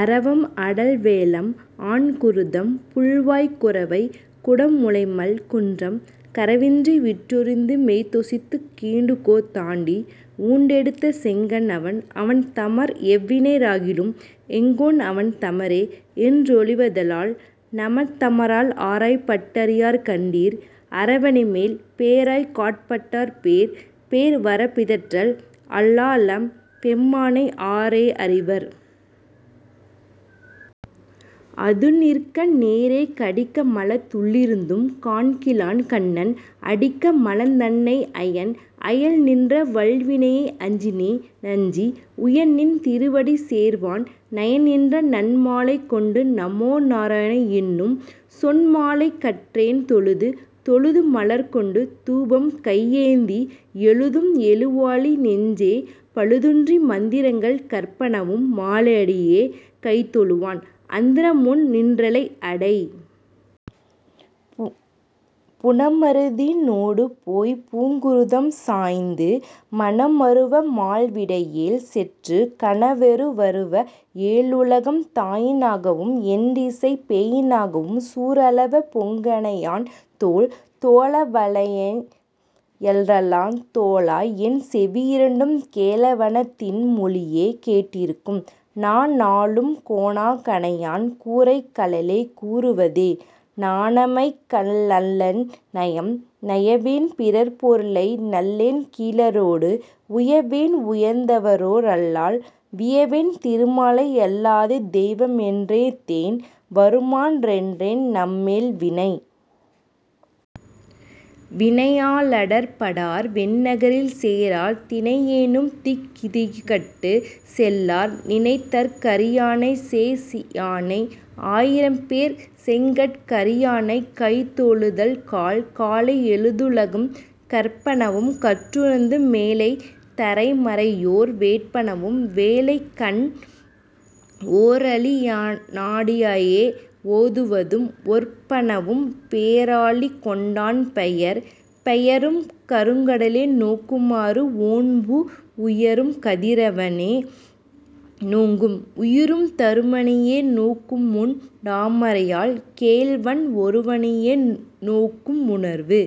அரவம் அடல்வேழம் ஆன்குருந்தம் புள்வாய் குரவை குடம்முலைமல் குன்றம், கரவின்றி விட்டிறுத்து மேய்த்தொசித்துக் கீண்டுகோத் தாடி, உண் டட்டெடுத்த செங்கண் அவன். அவன் தமர் எவ்வினைய ராகிலும், எங்கோன் அவன்தமரே யென்றொழிவ தல்லால், நமன்தமரால் ஆராயப் பட்டறியார் கண்டீர், அரவணைமேல் பேராயற் காட்பட்டார் பேர். பேரே வரப்பிதற்றல் அல்லாலெம் பெம்மானை, ஆரே அறிவார்? அதுநிற்க, நேரே கடிக்கமலத் துள்ளிருந்தும் காண்கிலான், கண்ணன் அடிக்கமலந் தன்னை அயன். அயல்நின்ற வல்வினையை அஞ்சினே னஞ்சி, உயநின் திருவடி சேர்வான், நயநின்ற நன்மாலை கொண்டு நமோநாரணா என்னும், சொன்மாலை கற்றேன் தொழுது. தொழுது மலர்க்கொண்டு தூபம்கை யேந்தி, எழுதும் எழுவாழி நெஞ்சே, பழுதின்றி மந்திரங்கள் கற்பனவும் மாலடியே கைதொழுவான், அந்தரமொன் றில்லை அடை. புணர்மருதி னூடுபோய்ப் பூங்குருந்தம் சாய்ந்து, மணமருவ மால் விடையேழ் செற்று, கணம்வெருவ ஏழுலகும் தாயினாகவும் எண்டிசையும் போயினாகவும், சூழரவப் பொங்கணையான் தோள். தோளவனை யல்லால் தொழா, என் செவியிரண்டும், கேளவன தின்மொழியே கேட்டிருக்கும், நாநாளும் கோணா கணையான் கூரைகழலே கூறுவதே, நாணமை நள்ளேன் நயம். நயவேன் பிறர்ப்பொருளை நள்ளேன்கீ ழாரோடு, உயவேன் உயர்ந்தவரோ ல்லால், வியவேன் திருமாலை யல்லது தெய்வமென் றேத்தேன், வருமாறென் நம்மேல் வினை? வினையா லடர்ப்படார் வெந்நரகில் சேரார், தினையேனும் தீக்கதிக்கட் செல்லார், நினைதற் கரியானைச் சேயானை, ஆயிரம்பேர்ச் செங்கட் கரியானைக் கைதொழுதக் கால். காலை யெழுந்துலகம் கற்பனவும், கற்றுணர்ந்த மேலைத் தலைமறையோர் வேட்பனவும், வேலைக்கண் ஓரழி யானடியே ஓதுவதும் ஓர்ப்பனவும், பேராழி கொண்டான் பெயர். பெயரும் கருங்கடலே நோக்குமாறு, ஒண்பூ உயரும் கதிரவனே நோங்கும், -உயிரும் தருமனையே நோக்குமொண் டாமரையாள் கேள்வன், ஒருவனையே நோக்கும் உணர்வு.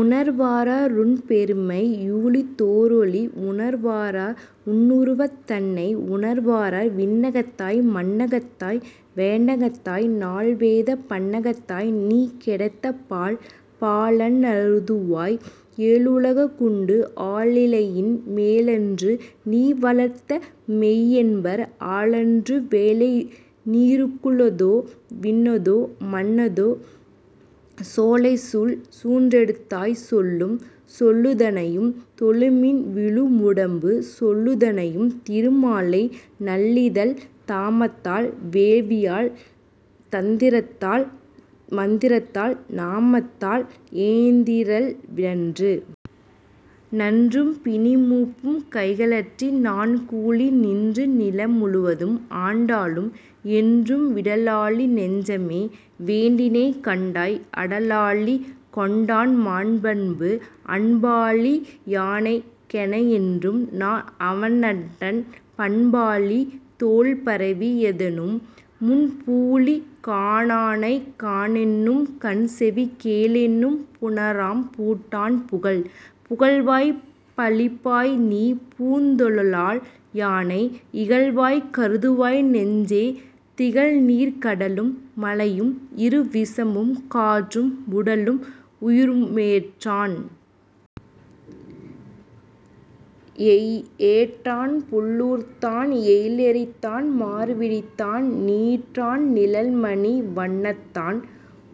உணர்வாரா ருன்பெருமை? யூழிதோ றூழி, உணர்வாரா ருன்னுருவந் தன்னை?, உணர்வாரார் விண்ணகத்தாய். மண்ணகத்தாய். வேங்கடத்தாய் நால்வேதப் பண்ணகத்தாய். நீகிடந்த பால்? பாலன் றனதுருவாய் ஏழுலகுண்டு, ஆலிலையின் மேலன்று நீவளர்ந்த மெய்யென்பர், ஆலன்று வேலைநீ ருள்ளதோ விண்ணதோ மண்ணதோ? சோலைசூழ் குன்றெடுத்தாய் சொல்லு. சொல்லுந் தனையும் தொழுமின் விழுமுடம்பு, சொல்லுந் தனையும் திருமாலை, நல்லிதழ்த் தாமத்தால் வேள்வியால் தந்திரத்தால் மந்திரத்தால், நாமத்தால் ஏந்திதிரேல் நன்று. நன்றும் பிணிமூப்புக் கையகற்றி நான்கூழி, நின்று நிலமுழுவதும் ஆண்டாலும், என்றும் விடலாழி நெஞ்சமே. வேண்டினேன் கண்டாய், அடலாழி கொண்டான்மாட் டன்பு. அன்பாழி யானை கென்னும், நாஅவன்றன் பண்பாழித் தோள்பரவி யேத்தென்னும், முன்பூழி காணானைக் காணென்னும் கண்செவி கேளென்னும் பூணாரம் பூண்டான் புகழ். புகழ்வாய் பழிப்பாய்நீ பூந்துழா யானை, இகழ்வாய் கருதுவாய் நெஞ்சே, திகழ்நீர்க் கடலும் மலையும் இருவிசும்பும் காற்றும், உடலும் உயிருமேற்றான். ஏற்றான் புள்ளூர்த்தான் எயிலெரித்தான் மார்விடந்தான் நீற்றான் நிழல்மணி வண்ணத்தான்,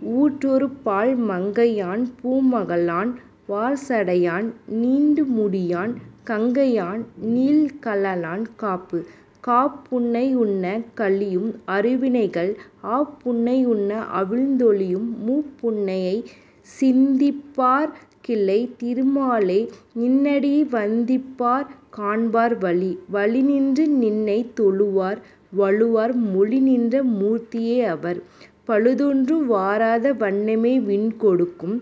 கூற்றொருபால் மங்கையான் பூமகளான் வார்சடையான், நீண்முடியான் கங்கையான் நீள்கழலான் காப்பு. காப்புன்னை யுன்னக் கழியும் அருவினைகள், ஆப்புன்னை யுன்ன அவிழ்ந்தொழியும் மூப்புன்னைச் சிந்திப்பார்க் கில்லை திருமாலே, நின்னடியை வந்திப்பார் காண்பர் வழி. வழிநின்று நின்னைத் தொழுவார், வழுவா மொழிநின்ற மூர்த்தியரே யாவர், பழுதொன்றும் வாராத வண்ணமே விண்கொடுக்கும்,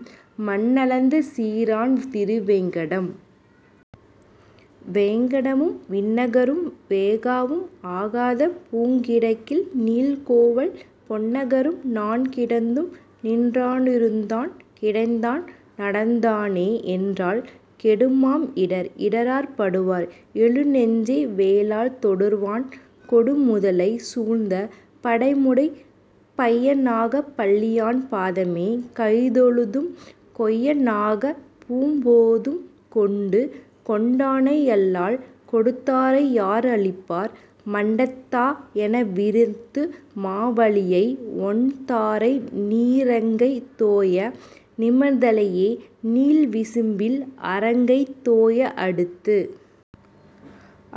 மண்ணளந்த சீரான் திருவேங்கடம். வேங்கடமும் விண்ணகரும் வெஃகாவும், அஃகாத பூங்கிடங்கில் நீள்கோவல் பொன்னகரும், நான்கிடத்தும் நின்றா னிருந்தான் கிடந்தான் நடந்தானே, என்றால் கெடுமாம் இடர். இடரார் படுவார்? எழுநெஞ்சே, வேழாம் தொடர்வான் கொடுமுதலை சூழ்ந்த, படமுடை பைந்நாகப் பள்ளியான் பாதமே கைதொழுதும், கொய்ந்நாகப் பூம்போது கொண்டு. கொண்டானை யல்லால் கொடுத்தாரை யார்பழிப்பார், மண்தா எனவிரந்து மாவலியை, ஒண்தாரை நீரங்கை தோய நிமிர்ந்திலையே, நீள்விசும்பில் அரங்கை தோய அடுத்து?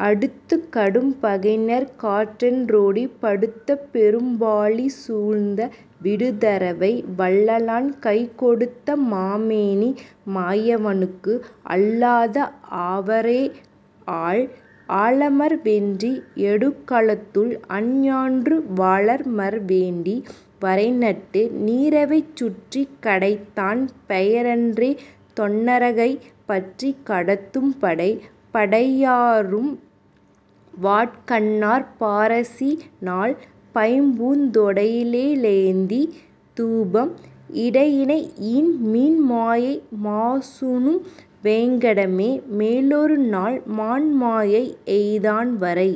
அடுத்த கடும்பகைஞர்க் காற்றேனென் றோடி, படுத்த பெரும்பாழி சூழ்ந்த விடத்தரவை, வல்லாளன் கைக்கொடுத்த மாமேனி மாயவனுக்கு, அல்லாதும் ஆவரோ ஆள்? ஆளமர் வென்றி யடுகளத்துள் அஞ்ஞான்று, வாளமர் வேண்டி வரைநட்டு, நீளரவைச் சுற்றிக் கடைந்தான் பெயரன்றே, தொன்னரகைப் பற்றிக் கடத்தும் படை? படையாரும் வாட்கண்ணார் பாரசிநாள், பைம்பூந் தொடையலே டேந்திய தூபம், இடையிடையின் மீன்மாய மாசூணும் வேங்கடமே, மேலொருநாள் மான்மாய எய்தான் வரை.